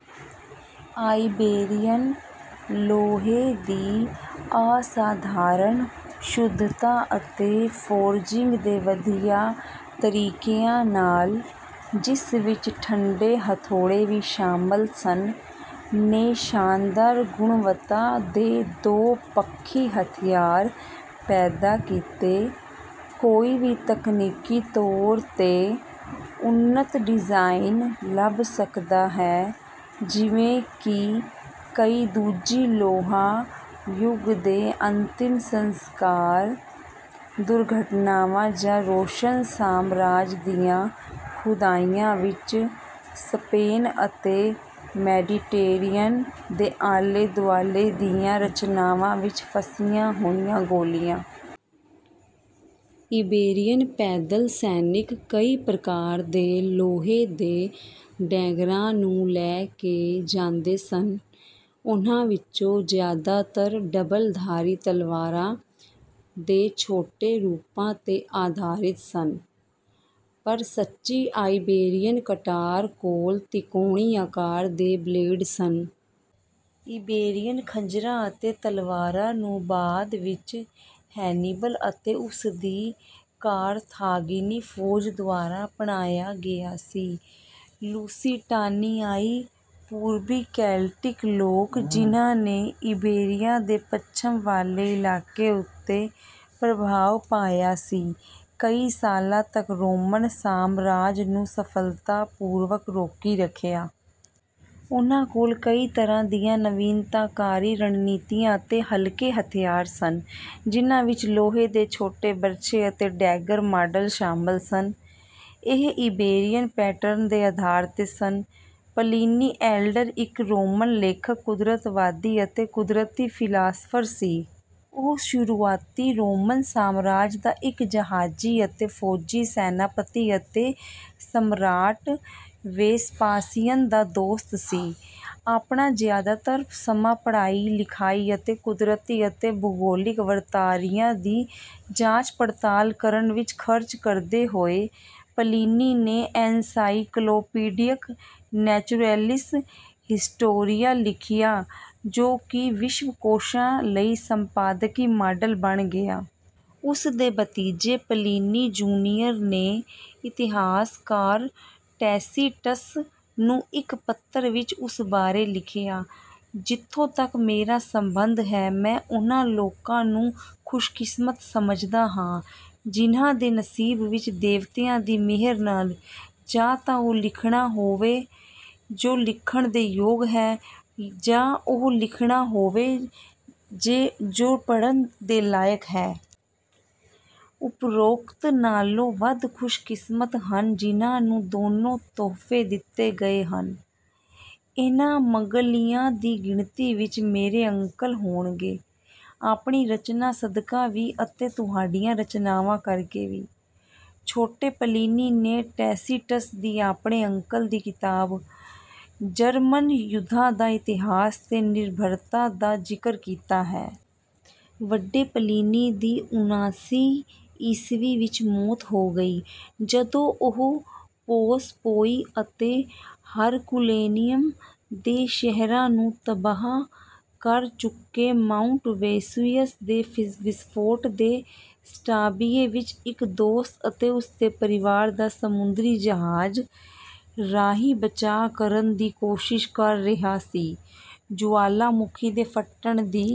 Iberian ਲੋਹੇ ਦੀ ਅਸਧਾਰਨ ਸ਼ੁੱਧਤਾ ਅਤੇ ਫੋਰਜਿੰਗ ਦੇ ਵਧੀਆ ਤਰੀਕਿਆਂ ਨਾਲ, ਜਿਸ ਵਿੱਚ ਠੰਡੇ ਹਥੌੜੇ ਵੀ ਸ਼ਾਮਲ ਸਨ, ਨੇ ਸ਼ਾਨਦਾਰ ਗੁਣਵੱਤਾ ਦੇ ਦੋ-ਪੱਖੀ ਹਥਿਆਰ ਪੈਦਾ ਕੀਤੇ। ਕੋਈ ਵੀ ਤਕਨੀਕੀ ਤੌਰ 'ਤੇ ਉੱਨਤ ਡਿਜ਼ਾਈਨ ਲੱਭ ਸਕਦਾ ਹੈ ਜਿਵੇਂ ਕਿ ਕਈ ਦੂਜੀ ਲੋਹਾ ਯੁੱਗ ਦੇ ਅੰਤਿਮ ਸੰਸਕਾਰ, ਦੁਰਘਟਨਾਵਾਂ ਜਾਂ ਰੋਮਨ ਸਾਮਰਾਜ ਦੀਆਂ ਖੁਦਾਈਆਂ ਵਿੱਚ ਸਪੇਨ ਅਤੇ ਮੈਡੀਟੇਰੀਅਨ ਦੇ ਆਲੇ-ਦੁਆਲੇ ਦੀਆਂ ਰਚਨਾਵਾਂ ਵਿੱਚ ਫਸੀਆਂ ਹੋਈਆਂ ਗੋਲੀਆਂ। ਇਬੇਰੀਅਨ ਪੈਦਲ ਸੈਨਿਕ ਕਈ ਪ੍ਰਕਾਰ ਦੇ ਲੋਹੇ ਦੇ ਡੈਗਰਾਂ ਨੂੰ ਲੈ ਕੇ ਜਾਂਦੇ ਸਨ। ਉਨ੍ਹਾਂ ਵਿੱਚੋਂ ਜ਼ਿਆਦਾਤਰ ਡਬਲ-ਧਾਰੀ ਤਲਵਾਰਾਂ ਦੇ ਛੋਟੇ ਰੂਪਾਂ 'ਤੇ ਆਧਾਰਿਤ ਸਨ, ਪਰ ਸੱਚੀ ਆਇਬੇਰੀਅਨ ਕਟਾਰ ਕੋਲ ਤਿਕੋਣੀ ਆਕਾਰ ਦੇ ਬਲੇਡ ਸਨ। ਇਬੇਰੀਅਨ ਖੰਜਰਾਂ ਅਤੇ ਤਲਵਾਰਾਂ ਨੂੰ ਬਾਅਦ ਵਿੱਚ ਹੈਨੀਬਲ ਅਤੇ ਉਸ ਦੀ ਕਾਰਥਾਗਿਨੀ ਫੌਜ ਦੁਆਰਾ ਅਪਣਾਇਆ ਗਿਆ ਸੀ। ਲੂਸੀਟਾਨੀਆਈ, ਪੂਰਬੀ ਕੈਲਟਿਕ ਲੋਕ ਜਿਨ੍ਹਾਂ ਨੇ ਇਬੇਰੀਆ ਦੇ ਪੱਛਮ ਵਾਲੇ ਇਲਾਕੇ ਉੱਤੇ ਪ੍ਰਭਾਵ ਪਾਇਆ ਸੀ, ਕਈ ਸਾਲਾਂ ਤੱਕ ਰੋਮਨ ਸਾਮਰਾਜ ਨੂੰ ਸਫਲਤਾਪੂਰਵਕ ਰੋਕੀ ਰੱਖਿਆ। ਉਨ੍ਹਾਂ ਕੋਲ ਕਈ ਤਰ੍ਹਾਂ ਦੀਆਂ ਨਵੀਨਤਾਕਾਰੀ ਰਣਨੀਤੀਆਂ ਅਤੇ ਹਲਕੇ ਹਥਿਆਰ ਸਨ, ਜਿਨ੍ਹਾਂ ਵਿੱਚ ਲੋਹੇ ਦੇ ਛੋਟੇ ਬਰਛੇ ਅਤੇ ਡੈਗਰ ਮਾਡਲ ਸ਼ਾਮਲ ਸਨ। ਇਹ ਇਬੇਰੀਅਨ ਪੈਟਰਨ ਦੇ ਆਧਾਰ 'ਤੇ ਸਨ। ਪਲੀਨੀ ਐਲਡਰ ਇੱਕ ਰੋਮਨ ਲੇਖਕ, ਕੁਦਰਤਵਾਦੀ ਅਤੇ ਕੁਦਰਤੀ ਫ਼ਿਲਾਸਫ਼ਰ ਸੀ। ਉਹ ਸ਼ੁਰੂਆਤੀ ਰੋਮਨ ਸਾਮਰਾਜ ਦਾ ਇੱਕ ਜਹਾਜ਼ੀ ਅਤੇ ਫੌਜੀ ਸੈਨਾਪਤੀ ਅਤੇ ਸਮਰਾਟ ਵੇਸਪਾਸੀਅਨ ਦਾ ਦੋਸਤ ਸੀ। ਆਪਣਾ ਜ਼ਿਆਦਾਤਰ ਸਮਾਂ ਪੜ੍ਹਾਈ, ਲਿਖਾਈ ਅਤੇ ਕੁਦਰਤੀ ਅਤੇ ਭੂਗੋਲਿਕ ਵਰਤਾਰਿਆਂ ਦੀ ਜਾਂਚ-ਪੜਤਾਲ ਕਰਨ ਵਿੱਚ ਖ਼ਰਚ ਕਰਦੇ ਹੋਏ, ਪਲੀਨੀ ਨੇ ਐਨਸਾਈਕਲੋਪੀਡਿਕ ਨੈਚੁਰੈਲਿਸ ਹਿਸਟੋਰੀਆ ਲਿਖਿਆ, ਜੋ ਕਿ ਵਿਸ਼ਵ ਕੋਸ਼ਾਂ ਲਈ ਸੰਪਾਦਕੀ ਮਾਡਲ ਬਣ ਗਿਆ। ਉਸ ਦੇ ਭਤੀਜੇ, ਪਲੀਨੀ ਜੂਨੀਅਰ ਨੇ ਇਤਿਹਾਸਕਾਰ ਟੈਸੀਟਸ ਨੂੰ ਇੱਕ ਪੱਤਰ ਵਿੱਚ ਉਸ ਬਾਰੇ ਲਿਖਿਆ: "ਜਿੱਥੋਂ ਤੱਕ ਮੇਰਾ ਸੰਬੰਧ ਹੈ, ਮੈਂ ਉਹਨਾਂ ਲੋਕਾਂ ਨੂੰ ਖੁਸ਼ਕਿਸਮਤ ਸਮਝਦਾ ਹਾਂ ਜਿਨ੍ਹਾਂ ਦੇ ਨਸੀਬ ਵਿੱਚ ਦੇਵਤਿਆਂ ਦੀ ਮਿਹਰ ਨਾਲ, ਜਾਂ ਤਾਂ ਉਹ ਲਿਖਣਾ ਹੋਵੇ ਜੋ ਲਿਖਣ ਦੇ ਯੋਗ ਹੈ, ਜਾਂ ਉਹ ਲਿਖਣਾ ਹੋਵੇ ਜੋ ਪੜ੍ਹਨ ਦੇ ਲਾਇਕ ਹੈ। ਉਪਰੋਕਤ ਨਾਲੋਂ ਵੱਧ ਖੁਸ਼ਕਿਸਮਤ ਹਨ ਜਿਨ੍ਹਾਂ ਨੂੰ ਦੋਨੋਂ ਤੋਹਫ਼ੇ ਦਿੱਤੇ ਗਏ ਹਨ। ਇਨ੍ਹਾਂ ਮਗਰਲਿਆਂ ਦੀ ਗਿਣਤੀ ਵਿੱਚ ਮੇਰੇ ਅੰਕਲ ਹੋਣਗੇ, ਆਪਣੀ ਰਚਨਾ ਸਦਕਾ ਵੀ ਅਤੇ ਤੁਹਾਡੀਆਂ ਰਚਨਾਵਾਂ ਕਰਕੇ ਵੀ।" ਛੋਟੇ ਪਲੀਨੀ ਨੇ ਟੈਸੀਟਸ ਦੀ ਆਪਣੇ ਅੰਕਲ ਦੀ ਕਿਤਾਬ, ਜਰਮਨ ਯੁੱਧਾਂ ਦਾ ਇਤਿਹਾਸ 'ਤੇ ਨਿਰਭਰਤਾ ਦਾ ਜ਼ਿਕਰ ਕੀਤਾ ਹੈ। ਵੱਡੇ ਪਲੀਨੀ ਦੀ ਉਨ੍ਹਾਂਸੀ ਈਸਵੀ ਵਿੱਚ ਮੌਤ ਹੋ ਗਈ, ਜਦੋਂ ਉਹ ਪੋਮਪੇਈ ਅਤੇ ਹਰਕੁਲੇਨੀਅਮ ਦੇ ਸ਼ਹਿਰਾਂ ਨੂੰ ਤਬਾਹ ਕਰ ਚੁੱਕੇ ਮਾਊਂਟ ਵੇਸੂਵੀਅਸ ਦੇ ਵਿਸਫੋਟ ਤੋਂ ਸਟਾਬੀਏ ਵਿੱਚ ਇੱਕ ਦੋਸਤ ਅਤੇ ਉਸ ਦੇ ਪਰਿਵਾਰ ਦਾ ਸਮੁੰਦਰੀ ਜਹਾਜ਼ ਰਾਹੀਂ ਬਚਾਅ ਕਰਨ ਦੀ ਕੋਸ਼ਿਸ਼ ਕਰ ਰਿਹਾ ਸੀ। ਜੁਆਲਾਮੁਖੀ ਦੇ ਫਟਣ ਦੀ